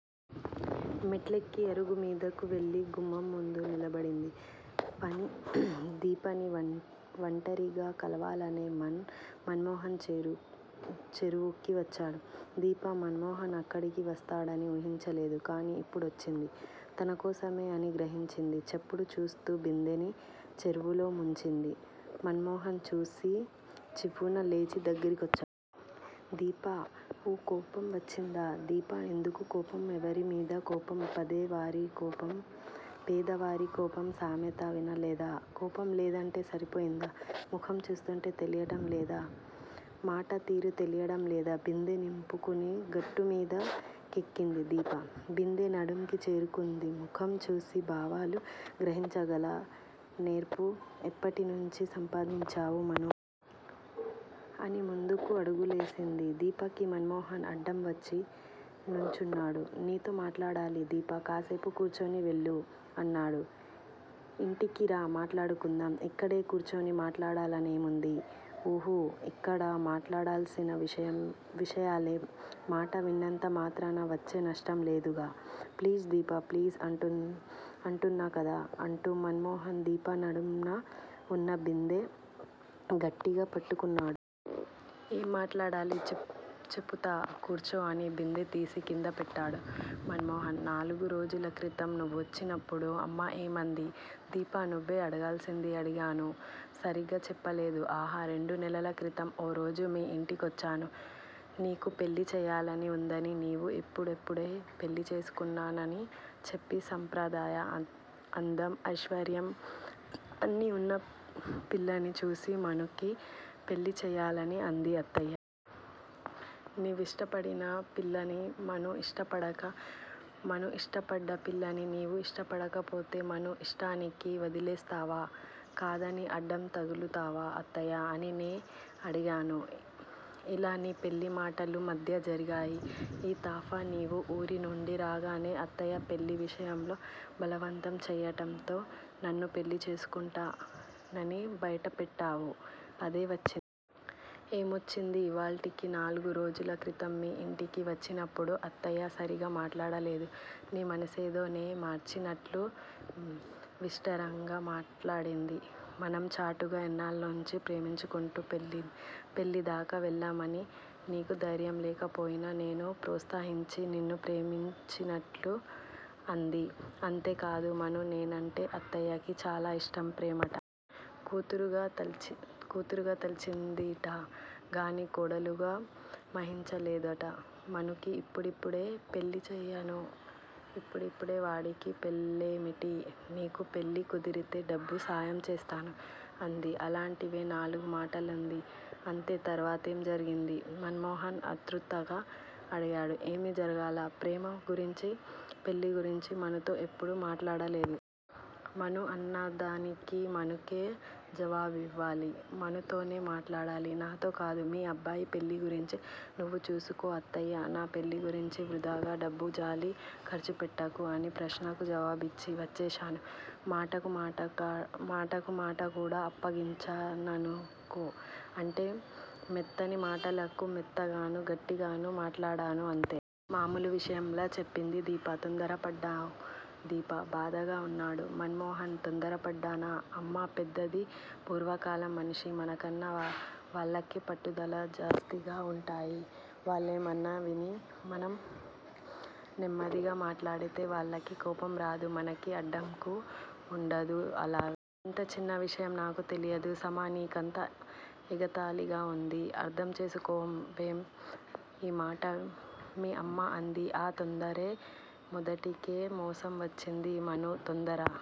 మెట్లెక్కి అరుగుమీదకు వెళ్ళి, గుమ్మం ముందు నిలబడింది. దీపని వంటరిగా కలవాలనే మన్ మోహన్ చెరువుకి వచ్చాడు. దీప మన్ మోహన్ అక్కడికి వస్తాడని ఊహించలేదు. కాని ఇప్పుడొచ్చింది. తనకోసమే అని గ్రహించింది. చప్పుడు చేస్తూ బిందెని చెరువులో ముంచింది. మన్ మోహన్ చూసి చివ్వున లేచి దగ్గరికొచ్చాడు. దీపా! ఊ కోపం వచ్చిందా దీపా? ఎందుకు కోపం! ఎవరిమీద కోపం! పేద వారికోపం సామెత వినలేదా? కోపం లేదంటే సరిపోయిందా! ముఖం చూస్తూంటే తెలియటం లేదా, మాట తీరు తెలియటం లేదా? బిందె నింపుకుని గట్టుమీద కెక్కింది దీప. బిందె నడుంకి చేర్చుకుంది. ముఖం చూసి భావాలు గ్రహించగల నేర్పు ఎప్పటినుంచి సంపాదించావు మనూ? అని ముందుకు అడుగులేసింది. దీపకి మన్ మోహన్ అడ్డం వచ్చి నుంచున్నాడు. నీతో మాట్లాడాలి దీపా! కాసేపు కూర్చుని వెళ్ళు అన్నాడు. ఇంటికి రా మాట్లాడుకుందాం. ఇక్కడే కూర్చుని మాట్లాడాలనేముంది? ఉహు, ఇక్కడ మాట్లాడాల్సిన విషయాలే. మాట విన్నంత మాత్రాన వచ్చే నష్టం లేదుగా! ప్లీజ్ దీపా, ప్లీజ్ అంటున్నాకదా అంటూ మన్ మోహన్ దీప నడుంన వున్న బిందె గట్టిగా పట్టుకున్నాడు. ఏం మాట్లాడాలి? చెపుతా కూర్చో! అని బిందె తీసి కింద పెట్టాడు మన్ మోహన్. నాలుగు రోజులక్రితం నువ్వొచ్చినప్పుడు అమ్మ ఏమంది దీపా నువ్వే అడగాల్సింది. అడిగాను. సరిగా చెప్పలేదు. ఆహా రెండు నెలల క్రితం ఓ రోజు మీ ఇంటికొచ్చాను. నీకు పెళ్ళిచేయాలని వుందని నీవు యిప్పుడప్పుడే పెళ్ళి చేసుకోనన్నానని చెప్పి, సాంప్రదాయ, అందం, ఐశ్వర్యం అన్ని ఉన్న పిల్లని చూసి మనూకి పెళ్ళిచేయాలని అంది అత్తయ్య. నీ విష్టపడిన పిల్లని మనూ ఇష్టపడక, మనూ ఇష్టపడ్డ పిల్లని నీవు ఇష్టపడకపోతే మనూ ఇష్టానికి వదిలేస్తావా? కాదని అడ్డం తగులుతావా, అత్తయ్యా! అని నే అడిగాను. ఇలా నీ పెళ్ళి మాటలు మధ్య జరిగాయి. ఈ తఫా నీవు ఊరి నుండి రాగానే అత్తయ్య పెళ్ళి విషయంలో బలవంతం చేయటంతో నన్ను పెళ్ళిచేసుకుంటా నని బైటపెట్టావు, అదే వచ్చింది. ఏమొచ్చింది? ఇవాల్టికి నాలుగు రోజుల క్రితం మీ ఇంటికి వచ్చినప్పుడు అత్తయ్య సరిగా మాట్లాడలేదు. నీ మనసేదో నే మార్చినట్లు నిష్టూరంగా మాట్లాడింది. మనం చాటుగా ఎన్నాళ్ళనుంచో ప్రేమించుకుంటూ పెళ్ళిదాకా వెళ్ళామని, నీకు ధైర్యంలేకపోయినా నేను ప్రోత్సహించి నిన్ను ప్రేరేపించినట్లు అంది. అంతేకాదు మనూ! నేనంటే అత్తయ్యకి చాలా ఇష్టం, ప్రేమట. కూతురుగా తలచిందిట గాని కోడలుగా వూహించలేదుట. మనూకి ఇప్పుడిప్పుడే పెళ్లిచేయను, ఇప్పుడప్పుడే వాడికి పెళ్లేమిటి, నీకు పెళ్ళి కుదిరితే డబ్బు సాయం చేస్తాను అంది. ఇలాంటివే నాలుగు మాటలంది అంతే. తర్వాతేం జరిగింది? మన్ మోహన్ ఆత్రుతగా అడిగాడు. ఏమి జరగలా! ప్రేమ గురించి పెళ్లి గురించి మనూతో ఎప్పుడూ మాట్లాడలేదు. మనూ అన్నదానికి మనూకే జవాబివ్వాలి. మనూతోనే మాట్లాడాలి, నాతో కాదు. మీ అబ్బాయి పెళ్ళిగురించి నువ్వు చూసుకో అత్తయ్యా! నా పెళ్ళిగురించి వృధాగా డబ్బు జాలి ఖర్చుపెట్టకు, అని ప్రశ్నకు జవాబిచ్చి వచ్చేశాను. మాటకు మాటకూడా అప్పగించాననుకో. అంటే మెత్తని మాటలకు మెత్తగాను; గట్టిగాను మాట్లాడాను అంతే. మామూలు విషయంలా చెప్పింది దీప. తొందర పడ్డావ్ దీపా! బాధగా అన్నాడు మన్ మోహన్. తొందరపడ్డానా? అమ్మ పెద్దది. పూర్వకాలం మనిషి. మనకన్నా వాళ్ళకే పట్టుదల జాస్తీగా వుంటాయి. వాళ్లేమన్నా విని మనం నెమ్మదిగా మాట్లాడితే వాళ్ళకి కోపం రాదు. మనకి అడ్డంకు వుండదు. అలాగా! ఇంత చిన్న విషయం నాకు తెలియదు సుమా! నీకంతా ఎగతాళిగా వుంది అర్ధంచేసుకోవేం? ఈ మాట మీ అమ్మ అంది. ఆ తొందరే మొదటికే మోసం వచ్చేది. మనూ! తొందర